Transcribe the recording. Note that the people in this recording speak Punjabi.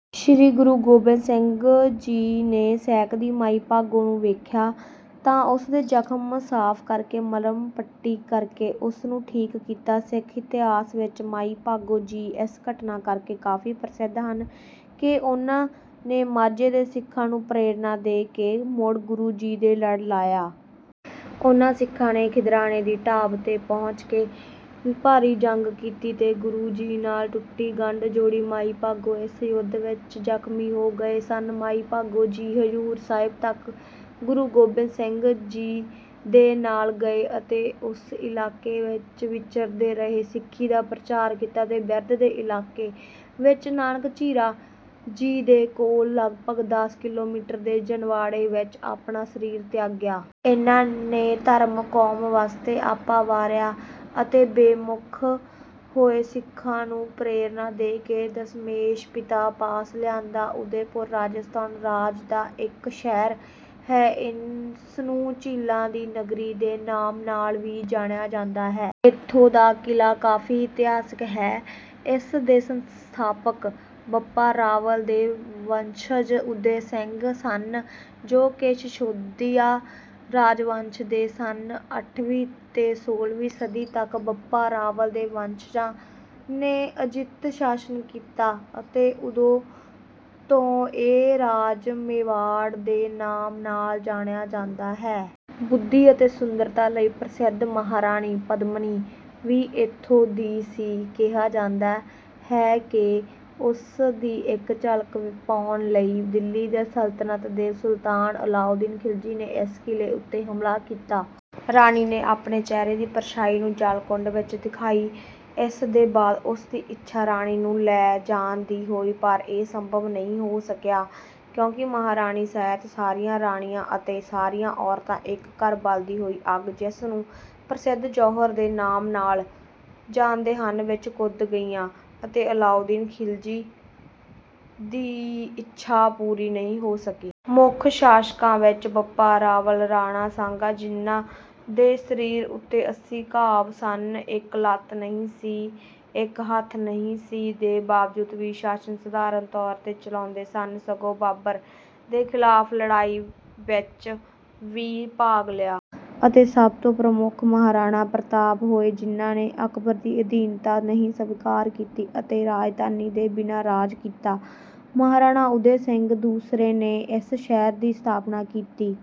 ਸ੍ਰੀ ਗੁਰੂ ਗੋਬਿੰਦ ਸਿੰਘ ਜੀ ਨੇ ਸਹਿਕਦੀ ਮਾਈ ਭਾਗੋ ਨੂੰ ਵੇਖਿਆ, ਤਾਂ ਉਸ ਦੇ ਜ਼ਖਮ ਸਾਫ਼ ਕਰਕੇ, ਮਰ੍ਹਮ ਪੱਟੀ ਕਰਕੇ ਉਸ ਨੂੰ ਠੀਕ ਕੀਤਾ। ਸਿੱਖ ਇਤਿਹਾਸ ਵਿੱਚ ਮਾਈ ਭਾਗੋ ਜੀ ਇਸ ਘਟਨਾ ਕਰਕੇ ਕਾਫੀ ਪ੍ਰਸਿੱਧ ਹਨ, ਕਿ ਉਨ੍ਹਾਂ ਨੇ ਮਾਝੇ ਦੇ ਸਿੱਖਾਂ ਨੂੰ ਪ੍ਰੇਰਣਾ ਦੇ ਕੇ ਮੁੜ ਗੁਰੂ ਜੀ ਦੇ ਲੜ ਲਾਇਆ। ਉਨ੍ਹਾਂ ਸਿੱਖਾਂ ਨੇ ਖਿਦਰਾਣੇ ਦੀ ਢਾਬ 'ਤੇ ਪਹੁੰਚ ਕੇ ਭਾਰੀ ਜੰਗ ਕੀਤੀ, ਤੇ ਗੁਰੂ ਜੀ ਨਾਲ ਟੁੱਟੀ ਗੰਢ ਜੋੜੀ। ਮਾਈ ਭਾਗੋ ਇਸ ਯੁੱਧ ਵਿਚ ਜ਼ਖਮੀ ਹੋ ਗਏ ਸਨ। ਮਾਈ ਭਾਗੋ ਜੀ ਹਜ਼ੂਰ ਸਾਹਿਬ ਤੱਕ ਗੁਰੂ ਗੋਬਿੰਦ ਸਿੰਘ ਜੀ ਦੇ ਨਾਲ ਗਏ, ਅਤੇ ਉਸ ਇਲਾਕੇ ਵਿਚ ਵਿਚਰਦੇ ਰਹੇ, ਸਿੱਖੀ ਦਾ ਪ੍ਰਚਾਰ ਕੀਤਾ, ਅਤੇ ਬਿਰਦ ਦੇ ਇਲਾਕੇ ਵਿੱਚ ਨਾਨਕ ਝੀਰਾ ਜੀ ਦੇ ਕੋਲ, ਲਗਭਗ ਦਸ ਕਿਲੋਮੀਟਰ ਦੇ ਜਨਵਾੜੇ ਵਿੱਚ ਆਪਣਾ ਸਰੀਰ ਤਿਆਗਿਆ। ਇਨ੍ਹਾਂ ਨੇ ਧਰਮ, ਕੌਮ ਵਾਸਤੇ ਆਪਾ ਵਾਰਿਆ, ਅਤੇ ਬੇਮੁੱਖ ਹੋਏ ਸਿੱਖਾਂ ਨੂੰ ਪ੍ਰੇਰਨਾ ਦੇ ਕੇ ਦਸਮੇਸ਼ ਪਿਤਾ ਪਾਸ ਲਿਆਂਦਾ। ਉਦੈਪੁਰ ਰਾਜਸਥਾਨ ਰਾਜ ਦਾ ਇੱਕ ਸ਼ਹਿਰ ਹੈ। ਇਸਨੂੰ ਝੀਲਾਂ ਦੀ ਨਗਰੀ ਦੇ ਨਾਮ ਨਾਲ ਵੀ ਜਾਣਿਆ ਜਾਂਦਾ ਹੈ। ਇੱਥੋਂ ਦਾ ਕਿਲ੍ਹਾ ਕਾਫੀ ਇਤਿਹਾਸਿਕ ਹੈ। ਇਸ ਦੇ ਸੰਸਥਾਪਕ ਬੱਪਾ ਰਾਵਲ ਦੇ ਵੰਸ਼ਜ ਉਦੈ ਸਿੰਘ ਸਨ, ਜੋ ਕਿ ਸ਼ਿਸ਼ੋਦੀਆ ਰਾਜਵੰਸ਼ ਦੇ ਸਨ। ਅੱਠਵੀਂ ਤੇ ਸੋਲ੍ਹਵੀਂ ਸਦੀ ਤੱਕ ਬੱਪਾ ਰਾਵਲ ਦੇ ਵੰਸ਼ਜਾਂ ਨੇ ਅਜਿੱਤ ਸ਼ਾਸ਼ਨ ਕੀਤਾ, ਅਤੇ ਉਦੋਂ ਤੋਂ ਇਹ ਰਾਜ ਮੇਵਾੜ ਦੇ ਨਾਮ ਨਾਲ ਜਾਣਿਆ ਜਾਂਦਾ ਹੈ। ਬੁੱਧੀ ਅਤੇ ਸੁੰਦਰਤਾ ਲਈ ਪ੍ਰਸਿੱਧ ਮਹਾਰਾਣੀ ਪਦਮਨੀ ਵੀ ਇੱਥੋਂ ਦੀ ਸੀ। ਕਿਹਾ ਜਾਂਦਾ ਹੈ ਕਿ ਉਸ ਦੀ ਇੱਕ ਝਲਕ ਪਾਉਣ ਲਈ ਦਿੱਲੀ ਦੇ ਸਲਤਨਤ ਦੇ ਸੁਲਤਾਨ ਅਲਾਉਦੀਨ ਖਿਲਜੀ ਨੇ ਇਸ ਕਿਲੇ ਉੱਤੇ ਹਮਲਾ ਕੀਤਾ। ਰਾਣੀ ਨੇ ਆਪਣੇ ਚਿਹਰੇ ਦੀ ਪਰਛਾਈ ਨੂੰ ਜਲ ਕੁੰਡ ਵਿੱਚ ਦਿਖਾਈ। ਇਸ ਦੇ ਬਾਅਦ ਉਸ ਦੀ ਇੱਛਾ ਰਾਣੀ ਨੂੰ ਲੈ ਜਾਣ ਦੀ ਹੋਈ। ਪਰ ਇਹ ਸੰਭਵ ਨਹੀਂ ਹੋ ਸਕਿਆ। ਕਿਉਂਕਿ ਮਹਾਰਾਣੀ ਸਹਿਤ ਸਾਰੀਆਂ ਰਾਣੀਆਂ ਅਤੇ ਸਾਰੀਆਂ ਔਰਤਾਂ ਇੱਕ ਕਰ ਬਲਦੀ ਹੋਈ ਅੱਗ, ਜਿਸ ਨੂੰ ਪ੍ਰਸਿੱਧ ਜੌਹਰ ਦੇ ਨਾਮ ਨਾਲ ਜਾਣਦੇ ਹਨ, ਵਿੱਚ ਕੁੱਦ ਗਈਆਂ, ਅਤੇ ਅਲਾਉਦੀਨ ਖਿਲਜੀ ਦੀ ਇੱਛਾ ਪੂਰੀ ਨਹੀਂ ਹੋ ਸਕੀ। ਮੁੱਖ ਸ਼ਾਸ਼ਕਾਂ ਵਿੱਚ ਬੱਪਾ ਰਾਵਲ, ਰਾਣਾ ਸਾਂਗਾ ਜਿਨ੍ਹਾਂ ਦੇ ਸਰੀਰ ਉੱਤੇ ਅੱਸੀ ਘਾਵ ਸਨ, ਇੱਕ ਲੱਤ ਨਹੀਂ ਸੀ, ਇੱਕ ਹੱਥ ਨਹੀਂ ਸੀ, ਦੇ ਬਾਵਜੂਦ ਵੀ ਸ਼ਾਸਨ ਸਧਾਰਨ ਤੌਰ ਤੇ ਚਲਾਉਂਦੇ ਸਨ, ਸਗੋਂ ਬਾਬਰ ਦੇ ਖਿਲਾਫ ਲੜਾਈ ਵਿੱਚ ਵੀ ਭਾਗ ਲਿਆ। ਅਤੇ ਸਭ ਤੋਂ ਪ੍ਰਮੁੱਖ ਮਹਾਰਾਣਾ ਪ੍ਰਤਾਪ ਹੋਏ, ਜਿਨ੍ਹਾਂ ਨੇ ਅਕਬਰ ਦੀ ਅਧੀਨਤਾ ਨਹੀਂ ਸਵੀਕਾਰ ਕੀਤੀ, ਅਤੇ ਰਾਜਧਾਨੀ ਦੇ ਬਿਨਾਂ ਰਾਜ ਕੀਤਾ। ਮਹਾਰਾਣਾ ਉਦੈ ਸਿੰਘ ਦੂਸਰੇ ਨੇ ਇਸ ਸ਼ਹਿਰ ਦੀ ਸਥਾਪਨਾ ਕੀਤੀ